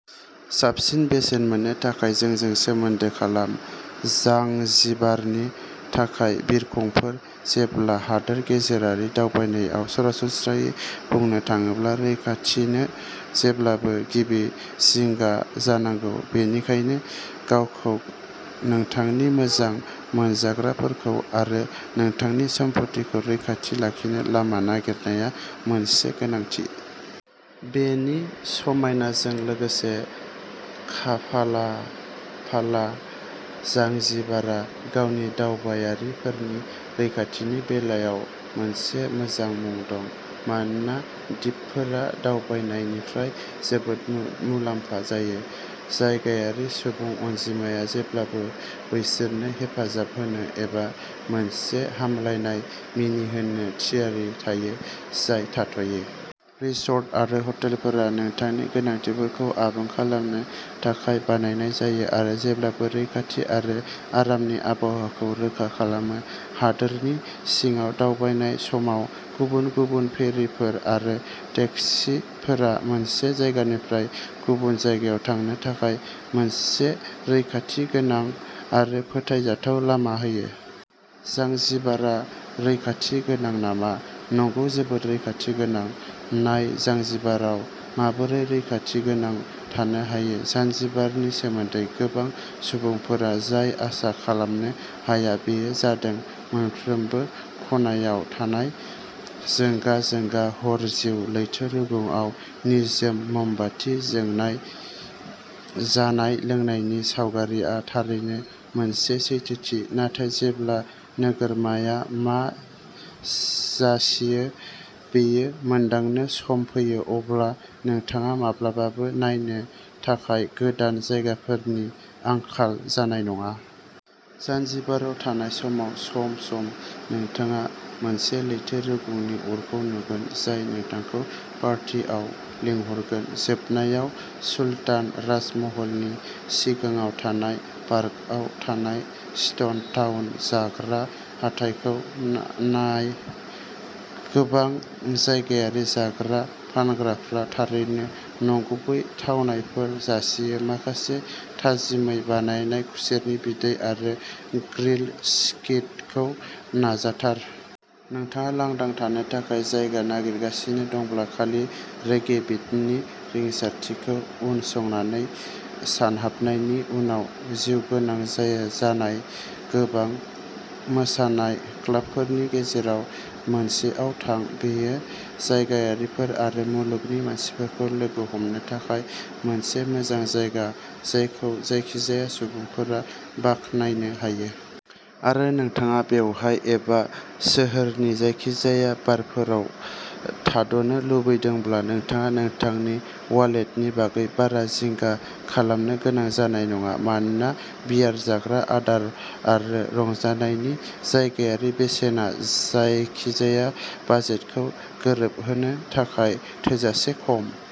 साबसिन बेसेन मोननो थाखाय जोंजों सोमोन्दो खालाम। जांजिबारनि थाखाय बिरखंफोर। जेब्ला हादोर गेजेरारि दावबायनायाव, सरासनस्रायै बुंनो थाङोब्ला, रैखाथिानो जेब्लाबो गिबि जिंगा जानांगौ। बेनिखायनो गावखौ, नोंथांनि मोजां मोनजाग्राफोरखौ आरो नोंथांनि सम्फथिखौ रैखाथि लाखिनो लामा नागिरनाया मोनसे गोनांथि। बेनि समायनाजों लोगोसे, खाफालाफाला जांजिबारा गावनि दावबायारिफोरनि रैखाथिनि बेलायाव मोनसे मोजां मुं दं। मानोना दिपफोरा दावबायनायनिफ्राय जोबोद मुलाम्फा जायो, जायगायारि सुबुं अनजिमाया जेब्लाबो बैसोरनो हेफाजाब होनो एबा मोनसे हामलायनाय मिनिहोनो थियारि थायो, जाय थाथ'यो। रिसर्ट आरो हटेलफोरा नोंथांनि गोनांथिफोरखौ आबुं खालामनो थाखाय बानायनाय जायो, आरो जेब्लाबो रैखाथि आरो आरामनि आबहावाखौ रोखा खालामो। हादोरनि सिङाव दावबायनाय समाव, गुबुन गुबुन फेरिफोर आरो टेक्सिफोरा मोनसे जायगानिफ्राय गुबुन जायगायाव थांनो थाखाय मोनसे रैखाथिगोनां आरो फोथायजाथाव लामा होयो। जांजिबारा रैखाथि गोनां नामा? नंगौ, जोबोद रैखाथि गोनां। नायः जांजिबाराव माबोरै रैखाथि गोनां थानो हायो। जांजिबारनि सोमोन्दै गोबां सुबुंफोरा जाय आसा खालामनो हाया, बेयो जादों मोनफ्रोमबो खनायाव थानाय जोंगा-जोंगा हर जिउ। लैथो रुगुंआव निजोम मोमबाति जोंनाय जानाय-लोंनायनि सावगारिआ थारैनो मोनसे सैथोथि, नाथाय जेब्ला नोगोरमाया मा जासियो बेखौ मोनदांनो सम फैयो, अब्ला नोंथाङा माब्लाबाबो नायनो थाखाय गोदान जायगाफोरनि आंखाल जानाय नङा। जांजिबाराव थानाय समाव सम-सम नोंथाङा मोनसे लैथो रुगुंनि अरखौ नुगोन, जाय नोंथांखौ पार्टियाव लिंहरगोन। जोबनायाव, सुल्तान राजमहलनि सिगाङाव थानाय पार्कआव थानाय स्टोन टाउन जाग्रा हाथाइखौ नाय। गोबां जायगायारि जाग्रा फानग्राफ्रा थारैनो नंगुबै थावनायफोर जासियो-माखासे थाजिमै बानायनाय खुसेरनि बिदै आरो ग्रिल्ड स्क्विडखौ नाजाथार। नोंथाङा लांदां थानो थाखाय जायगा नागिरगासिनो दंब्ला, खालि रेगे बिटनि रिंसारथिखौ उनसंनानै सानहाबनायनि उनाव जिउगोनां जानाय गोबां मोसानाय क्लाबफोरनि गेजेराव मोनसेयाव थां। बेयो जायगायारिफोर आरो मुलुगनि मानसिफोरखौ लोगो हमनो थाखाय मोनसे मोजां जायगा, जायखौ जायखिजाया सुबुंफोरा बाखनायनो हायो। आरो नोंथाङा बेवहाय एबा सोहोरनि जायखिजाया बारफोराव थाद'नो लुबैदोंब्ला, नोंथाङा नोंथांनि वालेटनि बागै बारा जिंगा खालामनो गोनां जानाय नङा, मानोना बियार, जाग्रा आदार आरो रंजानायनि जायगायारि बेसेना जायखिजाया बाजेटखौ गोरोबहोनो थाखाय थोजासे खम।